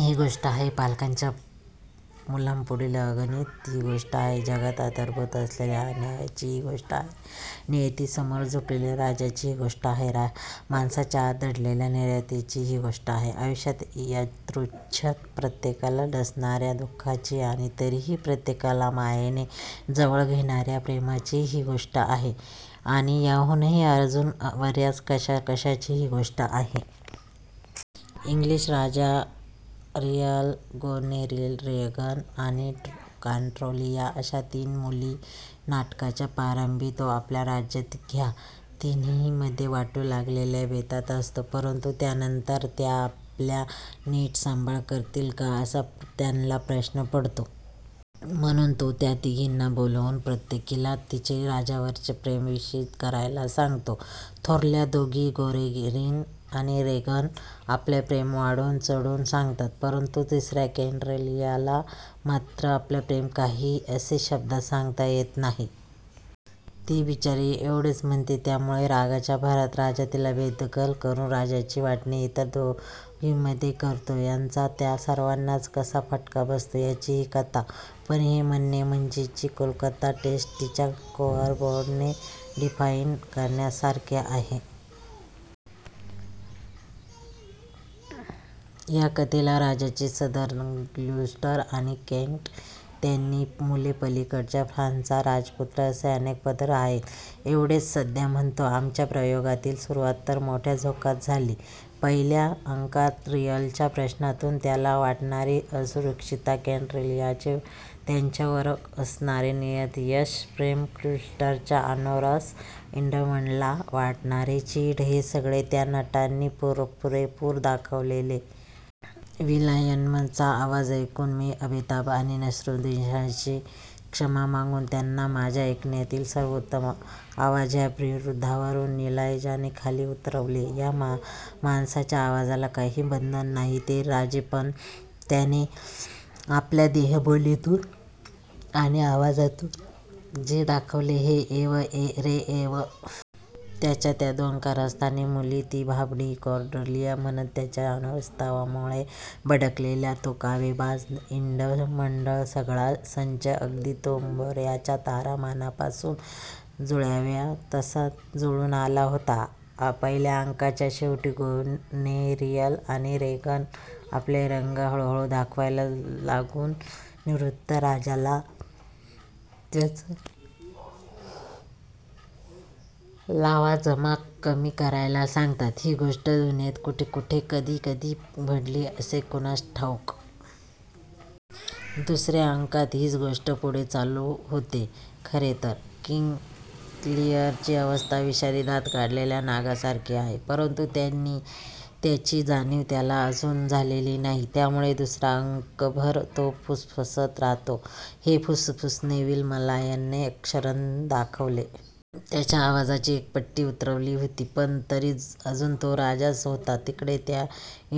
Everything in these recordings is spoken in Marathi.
ही गोष्ट आहे पालकांच्या मुलांपुढील अगतिकतेची, ही गोष्ट आहे जगात अंतर्भूत असलेल्या अन्यायाची, ही गोष्ट आहे नियतीसमोर झुकलेल्या राजाची, ही गोष्ट आहे माणसाच्या आत दडलेल्या निर्दयतेची, ही गोष्ट आहे आयुष्यात यादृच्छेने प्रत्येकालाच डसणार्या दु:खाची, आणि तरीही प्रत्येकाला मायेने जवळ घेणार्या प्रेमाचीही ही गोष्ट आहे; आणि ह्याहूनही अजून बर्याच कशाकशाची ही गोष्ट आहे. इंग्लिश राजा लीअरला गोनेरील, रेगन, आणि कॉर्डेलिया अशा तीन मुली. नाटकाच्या प्रारंभी तो आपले राज्य ह्या तिघींमध्ये वाटून टाकायच्या बेतात असतो. परंतु त्यानंतर त्या आपला नीट सांभाळ करतील का, असा त्याला प्रश्न पडतो. म्हणून तो त्या तिघींना बोलवून प्रत्येकीला तिचे राजावरचे प्रेम विशद करायला सांगतो. थोरल्या दोघी गोनेरील आणि रेगन आपले प्रेम वाढवून-चढवून सांगतात, परंतु तिसर्या कॉर्डेलियाला मात्र आपले प्रेम काही असे शब्दांत सांगता येत नाही. ती बिचारीएवढेच म्हणते. त्यामुळे रागाच्या भरात राजा तिला बेदखल करून राज्याची वाटणी इतर दोघींमध्ये करतो. ह्याचा त्या सर्वांनाच कसा फटका बसतो, ह्याची ही कथा. पण हे म्हणणे म्हणजे ची कोलकाता टेस्ट तिच्या स्कोअरबोर्डने डिफाईन करण्यासारखे आहे. ह्या कथेला राजाचे सरदार ग्लुस्टर आणि केंट, त्यांची मुले, पलीकडच्या फ्रान्सचा राजपुत्र असे अनेक पदर आहेत एवढेच सध्या म्हणतो. आमच्या प्रयोगाची सुरूवात तर मोठ्या झोकात झाली. पहिल्या अंकात लीअरच्या प्रश्नातून त्याला वाटणारी असुरक्षितता, कॉर्डेलियाचे त्याच्यावर असणारे निरतिशय प्रेम, ग्लुस्टरच्या अनौरस एडमंडला वाटणारी चीड हे सगळे त्या नटांनी पुरेपूर दाखवले. विल लायमनचा आवाज ऐकून मी अमिताभ आणि नसीरुद्दीनची क्षमा मागून त्यांना माझ्या ऐकण्यातील सर्वोत्तम आवाज ह्या बिरुदावरून नाईलाजाने खाली उतरवले. ह्या माणसाच्या आवाजाला काही बंधच नाही. ते राजेपण त्याने आपल्या देहबोलीतून आणि आवाजातून जे दाखवले की यंव रे यंव! त्याच्या त्या दोन कारस्थानी मुली, ती भाबडी कॉर्डेलिया, "?" म्हणत आपल्या अनौरसत्वामुळे भडकलेला तो कावेबाज एडमंडसगळा संच अगदी तंबोर्याच्या तारा मनापासून जुळाव्या तसा जुळून आला होता. पहिल्या अंकाच्या शेवटी गोनेरील आणि रेगन आपले रंग हळूहळू दाखवायला लागून निवृत्त राजाला त्याचा लवाजमा कमी करायला सांगतात, ही गोष्ट दुनियेत कुठेकुठे कधीकधी घडली असेल कोणास ठाऊक! दुसर्या अंकात हीच गोष्ट पुढे चालू होते. खरेतर किंग लीअरची अवस्था विषारी दात काढलेल्या नागासारखी आहे, परंतु त्याची जाणीव त्याला अजून झालेली नाही. त्यामुळे दुसरा अंकभर तो फुसफुसत राहतो. हे फुसफुसणे विल लायमनने अक्षरशः दाखवले. त्याच्या आवाजाची एक पट्टी उतरली होती, पण तरी अजून तो राजाच होता. तिकडे त्या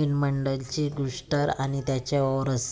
एडमंडची ग्लुस्टर आणि त्याच्या औरस